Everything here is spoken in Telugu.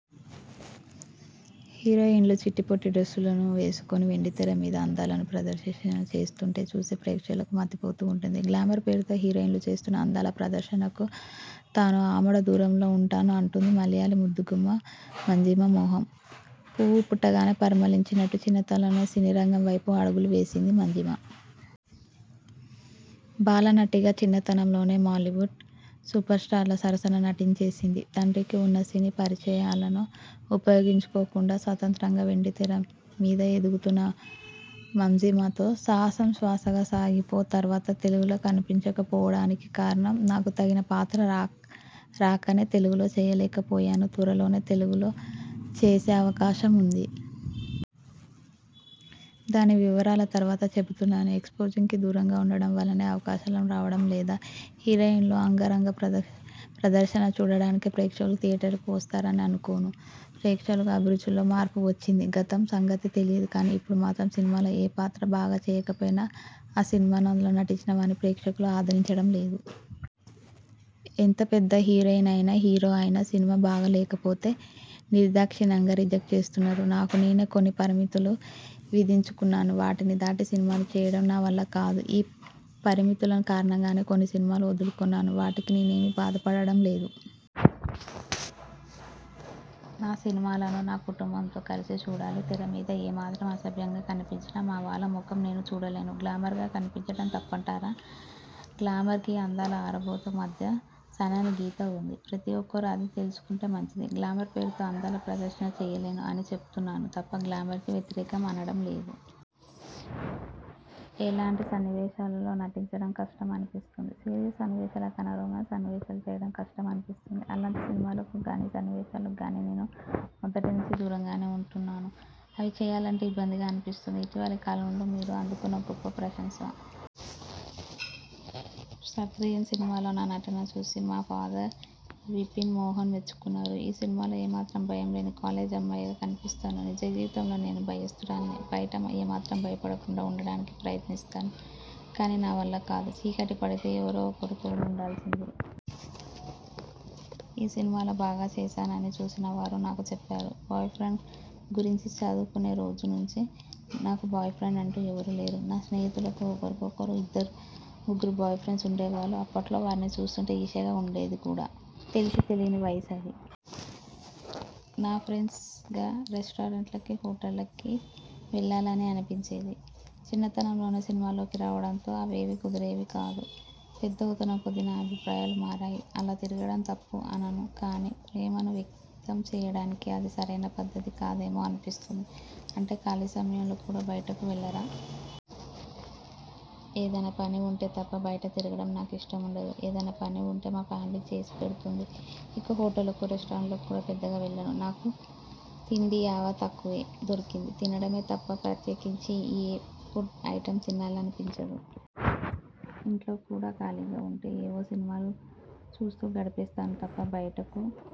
హీరోయిన్లు చిట్టిపొట్టి డ్రస్సులు వేసుకొని వెండితెర మీద అందాల ప్రదర్శన చేస్తుంటే చూసే ప్రేక్షకులకు మతిపోతూ ఉంటుంది. గ్లామర్ పేరుతో హీరోయిన్లు చేస్తున్న అందాల ప్రదర్శనకు తాను ఆమడదూరంలో ఉంటాను అంటోంది మలయాళీ ముద్దుగుమ్మ మంజీమా మోహన్. పువ్వు పుట్టగానే పరిమళించినట్టు చిన్నతనంలో సినీరంగం వైపు అడుగులు వేసింది మంజీమా. బాలనటిగా చిన్నతనంలోనే మాలీవుడ్ సూపర్స్టార్ల సరసన నటించేసింది. తండ్రికి ఉన్న సినీ పరిచయాలను ఉపయోగించుకోకుండా స్వతంత్రంగా వెండితెర మీద ఎదుగుతున్న మంజీమాతో'సాహసం శ్వాసగా సాగిపో' తరువాత తెలుగులో కనిపించకపోవడానికి కారణం? నాకు తగిన పాత్ర రాకనే తెలుగులో చేయలేకపోయాను. త్వరలోనే తెలుగులో చేసే అవకాశం ఉంది. దాని వివరాలు తరువాత చెబుతున్నాను. ఎక్స్పోజింగ్కి దూరంగా ఉండడం వలనే అవకాశాలు రావడం లేదా? హీరోయిన్ల అంగరంగ ప్రదర్శన చూడడానికే ప్రేక్షకులు థియేటర్లకు వస్తారని అనుకోను. ప్రేక్షకుల అభిరుచిలో మార్పు వచ్చింది. గతం సంగతి తెలియదు కానీ, ఇప్పుడు మాత్రం సినిమాలో ఏ పాత్ర బాగా చేయకపోయినా ఆ సినిమానూ, అందులో నటించిన వారిని ప్రేక్షకులు ఆదరించడం లేదు. ఎంత పెద్ద హీరోయిన్ అయినా, హీరో అయినా సినిమా బాగా లేకపోతే నిర్దాక్షిణ్యంగా రిజెక్ట్ చేస్తున్నారు. నాకు నేనే కొన్ని పరిమితులు విధించుకున్నాను. వాటిని దాటి సినిమాలు చేయడం నా వల్ల కాదు. ఈ పరిమితులు కారణంగానే కొన్ని సినిమాలను వదులుకున్నాను. వాటికి నేనేమీ బాధపడడం లేదు. నా సినిమాలను నా కుటుంబంతో కలిసి చూడాలి. తెర మీద ఏమాత్రం అసభ్యంగా కనిపించినా మా వాళ్ళ ముఖం నేను చూడలేను. గ్లామర్గా కనిపించడం తప్పంటారా? గ్లామర్కీ, అందాల ఆరబోతకి మధ్య సన్నని గీత ఉంది. ప్రతి ఒక్కరూ అది తెలుసుకుంటే మంచిది. గ్లామర్ పేరుతో అందాల ప్రదర్శన చేయలేను అని చెబుతున్నాను తప్ప గ్లామర్కి వ్యతిరేకం అనడం లేదు. ఎలాంటి సన్నివేశాలలో నటించడం కష్టం అనిపిస్తుంది? సీరియస్ సన్నివేశాల కన్నా రొమాన్స్ సన్నివేశాలు చేయడం కష్టం అనిపిస్తుంది. అలాంటి సినిమాలకు గానీ, సన్నివేశాలకు గానీ నేను మొదటి నుంచీ దూరంగానే ఉంటున్నాను. అవి చేయాలంటే ఇబ్బందిగా అనిపిస్తుంది. ఇటీవలి కాలంలో మీరు అందుకున్న గొప్ప ప్రశంస? 'సత్రియన్' సినిమాలో నా నటన చూసి మా ఫాదర్ విపిన్ మోహన్ మెచ్చుకున్నారు. ఈ సినిమాలో ఏమాత్రం భయం లేని కాలేజీ అమ్మాయిగా కనిపిస్తాను. నిజజీవితంలో నేను భయస్తురాలినే! బయట ఏమాత్రం భయపడకుండా ఉండడానికి ప్రయత్నిస్తాను కానీ నా వల్ల కాదు. చీకటి పడితే ఎవరో ఒకరు తోడు ఉండాల్సిందే! ఈ సినిమాలో బాగా చేసానని చూసిన వారు నాకు చెప్పారు. బాయ్ఫ్రెండ్ గురించిచదువుకునే రోజు నుంచీ నాకు బాయ్ ఫ్రెండ్ అంటూ ఎవరూ లేరు. నా స్నేహితులకి ఒక్కొక్కరికి ఇద్దరు ముగ్గురు బాయ్ఫ్రెండ్స్ ఉండేవాళ్ళు. అప్పట్లో వారిని చూస్తుంటే ఈర్ష్యగా ఉండేది కూడా! తెలిసీ తెలియని వయస్సు అది. నా ఫ్రెండ్స్లాగా రెస్టారెంట్లకీ, హోటళ్ళకి వెళ్ళాలని అనిపించేది. చిన్నతనంలోనే సినిమాల్లోకి రావడంతో అవేవీ కుదిరేవి కాదు. పెద్దవుతున్నకొద్దీ నా అభిప్రాయాలు మారాయి. అలా తిరగడం తప్పు అనను కానీ, ప్రేమను వ్యక్తం చేయడానికి అది సరైన పద్ధతి కాదేమో అనిపిస్తుంది. అంటే ఖాళీ సమయంలో కూడా బయటకు వెళ్ళరా? ఏదన్నా పని ఉంటే తప్ప బయట తిరగడం నాకు ఇష్టం ఉండదు. ఏదన్నా పని ఉంటే మా ఫ్యామిలీ చేసిపెడుతుంది. ఇక హోటళ్ళకు రెస్టారెంట్లకు కూడా పెద్దగా వెళ్ళను నాకు తిండియావ తక్కువే! దొరికింది తినడమే తప్ప ప్రత్యేకించి ఈ ఫుడ్ ఐటెమ్ తినాలని అనిపించదు. ఇంట్లో కూడా ఖాళీగా ఉంటే ఏవో సినిమాలు చూస్తూ గడిపేస్తాను తప్ప బయటకు